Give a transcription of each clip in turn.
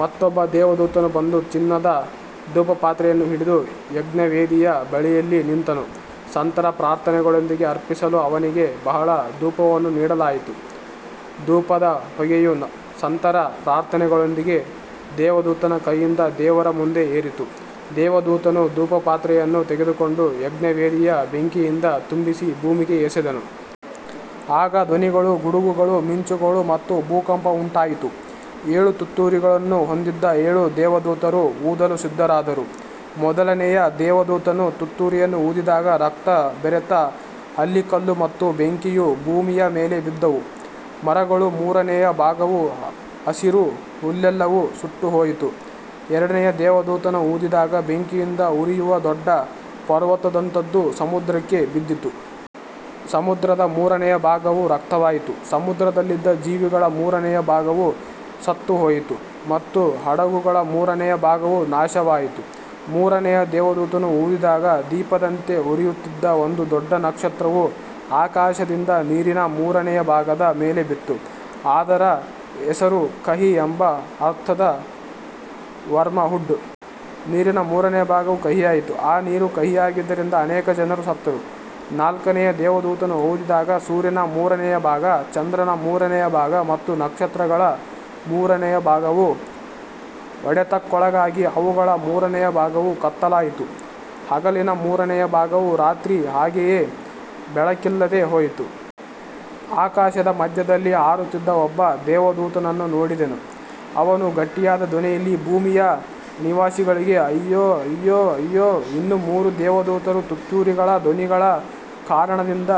ಮತ್ತೊಬ್ಬ ದೇವದೂತನು ಬಂದು ಚಿನ್ನದ ಧೂಪಪಾತ್ರೆಯನ್ನು ಹಿಡಿದು ಯಜ್ಞವೇದಿಯ ಬಳಿಯಲ್ಲಿ ನಿಂತನು. ಸಂತರ ಪ್ರಾರ್ಥನೆಗಳೊಂದಿಗೆ ಅರ್ಪಿಸಲು ಅವನಿಗೆ ಬಹಳ ಧೂಪವನ್ನು ನೀಡಲಾಯಿತು. ಧೂಪದ ಹೊಗೆಯು ಸಂತರ ಪ್ರಾರ್ಥನೆಗಳೊಂದಿಗೆ ದೇವದೂತನ ಕೈಯಿಂದ ದೇವರ ಮುಂದೆ ಏರಿತು. ದೇವದೂತನು ಧೂಪಪಾತ್ರೆಯನ್ನು ತೆಗೆದುಕೊಂಡು ಯಜ್ಞವೇದಿಯ ಬೆಂಕಿಯಿಂದ ತುಂಬಿಸಿ ಭೂಮಿಗೆ ಎಸೆದನು. ಆಗ ಧ್ವನಿಗಳು, ಗುಡುಗುಗಳು, ಮಿಂಚುಗಳು ಮತ್ತು ಭೂಕಂಪವುಂಟಾಯಿತು. ಏಳು ತುತ್ತೂರಿಗಳನ್ನು ಹೊಂದಿದ್ದ ಏಳು ದೇವದೂತರು ಊದಲು ಸಿದ್ಧರಾದರು. ಮೊದಲನೆಯ ದೇವದೂತನು ತುತ್ತೂರಿಯನ್ನು ಊದಿದಾಗ ರಕ್ತ ಬೆರೆತ ಆಲಿಕಲ್ಲು ಮತ್ತು ಬೆಂಕಿಯು ಭೂಮಿಯ ಮೇಲೆ ಬಿದ್ದವು. ಮರಗಳ ಮೂರನೆಯ ಭಾಗವೂ ಹಸಿರು ಹುಲ್ಲೆಲ್ಲವೂ ಸುಟ್ಟುಹೋಯಿತು. ಎರಡನೆಯ ದೇವದೂತನು ಊದಿದಾಗ ಬೆಂಕಿಯಿಂದ ಉರಿಯುವ ದೊಡ್ಡ ಪರ್ವತದಂತದ್ದು ಸಮುದ್ರಕ್ಕೆ ಬಿದ್ದಿತು. ಸಮುದ್ರದ ಮೂರನೆಯ ಭಾಗವು ರಕ್ತವಾಯಿತು. ಸಮುದ್ರದಲ್ಲಿದ್ದ ಜೀವಿಗಳ ಮೂರನೆಯ ಭಾಗವು ಸತ್ತುಹೋಯಿತು ಮತ್ತು ಹಡಗುಗಳ ಮೂರನೆಯ ಭಾಗವು ನಾಶವಾಯಿತು. ಮೂರನೆಯ ದೇವದೂತನು ಊದಿದಾಗ ದೀಪದಂತೆ ಉರಿಯುತ್ತಿದ್ದ ಒಂದು ದೊಡ್ಡ ನಕ್ಷತ್ರವು ಆಕಾಶದಿಂದ ನೀರಿನ ಮೂರನೆಯ ಭಾಗದ ಮೇಲೆ ಬಿತ್ತು. ಅದರ ಹೆಸರು ಕಹಿ ಎಂಬ ಅರ್ಥದ ವರ್ಮವುಡ್. ನೀರಿನ ಮೂರನೆಯ ಭಾಗವು ಕಹಿಯಾಯಿತು. ಆ ನೀರು ಕಹಿಯಾಗಿದ್ದರಿಂದ ಅನೇಕ ಜನರು ಸತ್ತರು. ನಾಲ್ಕನೆಯ ದೇವದೂತನು ಊದಿದಾಗ ಸೂರ್ಯನ ಮೂರನೆಯ ಭಾಗ, ಚಂದ್ರನ ಮೂರನೆಯ ಭಾಗ ಮತ್ತು ನಕ್ಷತ್ರಗಳ ಮೂರನೆಯ ಭಾಗವು ಹೊಡೆತಕ್ಕೊಳಗಾಗಿ ಅವುಗಳ ಮೂರನೆಯ ಭಾಗವು ಕತ್ತಲಾಯಿತು. ಹಗಲಿನ ಮೂರನೆಯ ಭಾಗವೂ ರಾತ್ರಿ ಹಾಗೆಯೇ ಬೆಳಕಿಲ್ಲದೆ ಹೋಯಿತು. ಆಕಾಶದ ಮಧ್ಯದಲ್ಲಿ ಹಾರುತ್ತಿದ್ದ ಒಬ್ಬ ದೇವದೂತನನ್ನು ನೋಡಿದೆನು. ಅವನು ಗಟ್ಟಿಯಾದ ಧ್ವನಿಯಲ್ಲಿ, ಭೂಮಿಯ ನಿವಾಸಿಗಳಿಗೆ ಅಯ್ಯೋ, ಅಯ್ಯೋ, ಅಯ್ಯೋ, ಇನ್ನೂ ಮೂರು ದೇವದೂತರ ತುತ್ತೂರಿಗಳ ಧ್ವನಿಗಳ ಕಾರಣದಿಂದ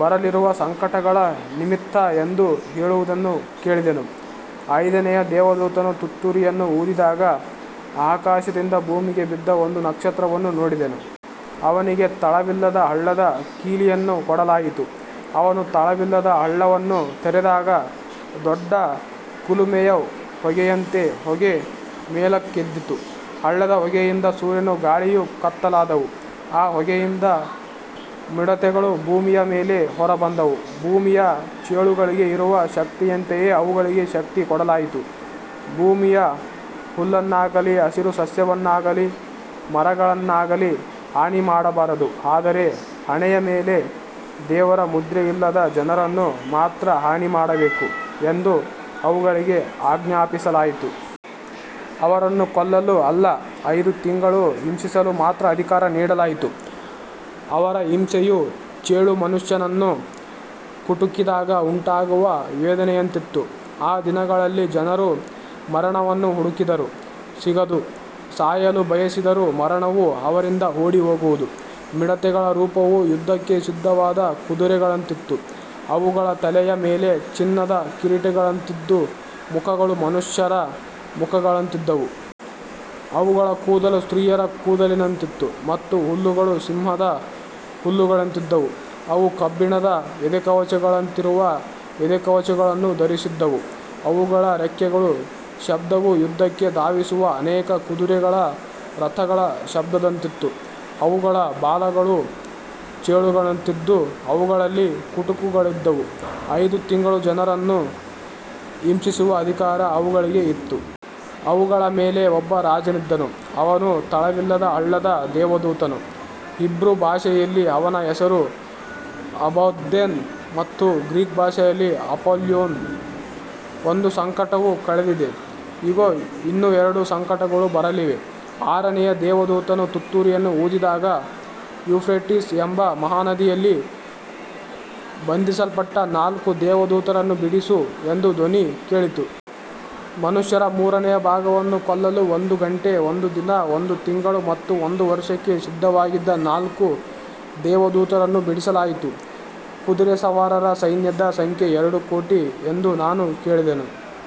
ಬರಲಿರುವ ಸಂಕಟಗಳ ನಿಮಿತ್ತ ಎಂದು ಹೇಳುವುದನ್ನು ಕೇಳಿದೆನು. ಐದನೆಯ ದೇವದೂತನು ತುತ್ತೂರಿಯನ್ನು ಊದಿದಾಗ ಆಕಾಶದಿಂದ ಭೂಮಿಗೆ ಬಿದ್ದ ಒಂದು ನಕ್ಷತ್ರವನ್ನು ನೋಡಿದೆನು. ಅವನಿಗೆ ತಳವಿಲ್ಲದ ಹಳ್ಳದ ಕೀಲಿಯನ್ನು ಕೊಡಲಾಯಿತು. ಅವನು ತಳವಿಲ್ಲದ ಹಳ್ಳವನ್ನು ತೆರೆದಾಗ ದೊಡ್ಡ ಕುಲುಮೆಯ ಹೊಗೆಯಂತೆ ಹೊಗೆ ಮೇಲಕ್ಕೆದ್ದಿತು. ಹಳ್ಳದ ಹೊಗೆಯಿಂದ ಸೂರ್ಯನೂ ಗಾಳಿಯೂ ಕತ್ತಲಾದವು. ಆ ಹೊಗೆಯಿಂದ ಮಿಡತೆಗಳು ಭೂಮಿಯ ಮೇಲೆ ಹೊರಬಂದವು. ಭೂಮಿಯ ಚೇಳುಗಳಿಗೆ ಇರುವ ಶಕ್ತಿಯಂತೆಯೇ ಅವುಗಳಿಗೆ ಶಕ್ತಿ ಕೊಡಲಾಯಿತು. ಭೂಮಿಯ ಹುಲ್ಲನ್ನಾಗಲಿ ಹಸಿರು ಸಸ್ಯವನ್ನಾಗಲಿ ಮರಗಳನ್ನಾಗಲಿ ಹಾನಿಮಾಡಬಾರದು, ಆದರೆ ಹಣೆಯ ಮೇಲೆ ದೇವರ ಮುದ್ರೆಯಿಲ್ಲದ ಜನರನ್ನು ಮಾತ್ರ ಹಾನಿಮಾಡಬೇಕು ಎಂದು ಅವುಗಳಿಗೆ ಆಜ್ಞಾಪಿಸಲಾಯಿತು. ಅವರನ್ನು ಕೊಲ್ಲಲು ಅಲ್ಲ, ಐದು ತಿಂಗಳು ಹಿಂಸಿಸಲು ಮಾತ್ರ ಅಧಿಕಾರ ನೀಡಲಾಯಿತು. ಅವರ ಹಿಂಸೆಯು ಚೇಳು ಮನುಷ್ಯನನ್ನು ಕುಟುಕಿದಾಗ ಉಂಟಾಗುವ ವೇದನೆಯಂತಿತ್ತು. ಆ ದಿನಗಳಲ್ಲಿ ಜನರು ಮರಣವನ್ನು ಹುಡುಕಿದರೂ ಸಿಗದು. ಸಾಯಲು ಬಯಸಿದರೂ ಮರಣವು ಅವರಿಂದ ಓಡಿಹೋಗುವುದು. ಮಿಡತೆಗಳ ರೂಪವು ಯುದ್ಧಕ್ಕೆ ಸಿದ್ಧವಾದ ಕುದುರೆಗಳಂತಿತ್ತು. ಅವುಗಳ ತಲೆಯ ಮೇಲೆ ಚಿನ್ನದ ಕಿರೀಟಗಳಂತಿದ್ದು, ಮುಖಗಳು ಮನುಷ್ಯರ ಮುಖಗಳಂತಿದ್ದವು. ಅವುಗಳ ಕೂದಲು ಸ್ತ್ರೀಯರ ಕೂದಲಿನಂತಿತ್ತು ಮತ್ತು ಹಲ್ಲುಗಳು ಸಿಂಹದ ಹಲ್ಲುಗಳಂತಿದ್ದವು. ಅವು ಕಬ್ಬಿಣದ ಎದೆಕವಚಗಳಂತಿರುವ ಎದೆಕವಚಗಳನ್ನು ಧರಿಸಿದ್ದವು. ಅವುಗಳ ರೆಕ್ಕೆಗಳ ಶಬ್ದವು ಯುದ್ಧಕ್ಕೆ ಧಾವಿಸುವ ಅನೇಕ ಕುದುರೆಗಳ ರಥಗಳ ಶಬ್ದದಂತಿತ್ತು. ಅವುಗಳ ಬಾಲಗಳು ಚೇಳುಗಳಂತಿದ್ದು, ಅವುಗಳಲ್ಲಿ ಕುಟುಕುಗಳಿದ್ದವು. ಐದು ತಿಂಗಳು ಜನರನ್ನು ಹಿಂಸಿಸುವ ಅಧಿಕಾರ ಅವುಗಳಿಗೆ ಇತ್ತು. ಅವುಗಳ ಮೇಲೆ ಒಬ್ಬ ರಾಜನಿದ್ದನು. ಅವನು ತಳವಿಲ್ಲದ ಹಳ್ಳದ ದೇವದೂತನು. ಹೀಬ್ರೂ ಭಾಷೆಯಲ್ಲಿ ಅವನ ಹೆಸರು ಅಬದ್ದೋನ್ ಮತ್ತು ಗ್ರೀಕ್ ಭಾಷೆಯಲ್ಲಿ ಅಪೊಲ್ಯೋನ್. ಒಂದು ಸಂಕಟವು ಕಳೆದಿದೆ. ಇಗೋ, ಇನ್ನೂ ಎರಡು ಸಂಕಟಗಳು ಬರಲಿವೆ. ಆರನೆಯ ದೇವದೂತನು ತುತ್ತೂರಿಯನ್ನು ಊದಿದಾಗ, ಯೂಫ್ರೇಟಿಸ್ ಎಂಬ ಮಹಾನದಿಯಲ್ಲಿ ಬಂಧಿಸಲ್ಪಟ್ಟ ನಾಲ್ಕು ದೇವದೂತರನ್ನು ಬಿಡಿಸು ಎಂದು ಧ್ವನಿ ಕೇಳಿತು. ಮನುಷ್ಯರ ಮೂರನೆಯ ಭಾಗವನ್ನು ಕೊಲ್ಲಲು ಒಂದು ಗಂಟೆ, ಒಂದು ದಿನ, ಒಂದು ತಿಂಗಳು ಮತ್ತು ಒಂದು ವರ್ಷಕ್ಕೆ ಸಿದ್ಧವಾಗಿದ್ದ ನಾಲ್ಕು ದೇವದೂತರನ್ನು ಬಿಡಿಸಲಾಯಿತು. ಕುದುರೆಸವಾರರ ಸೈನ್ಯದ ಸಂಖ್ಯೆ ಎರಡು ಕೋಟಿ ಎಂದು ನಾನು ಕೇಳಿದೆನು.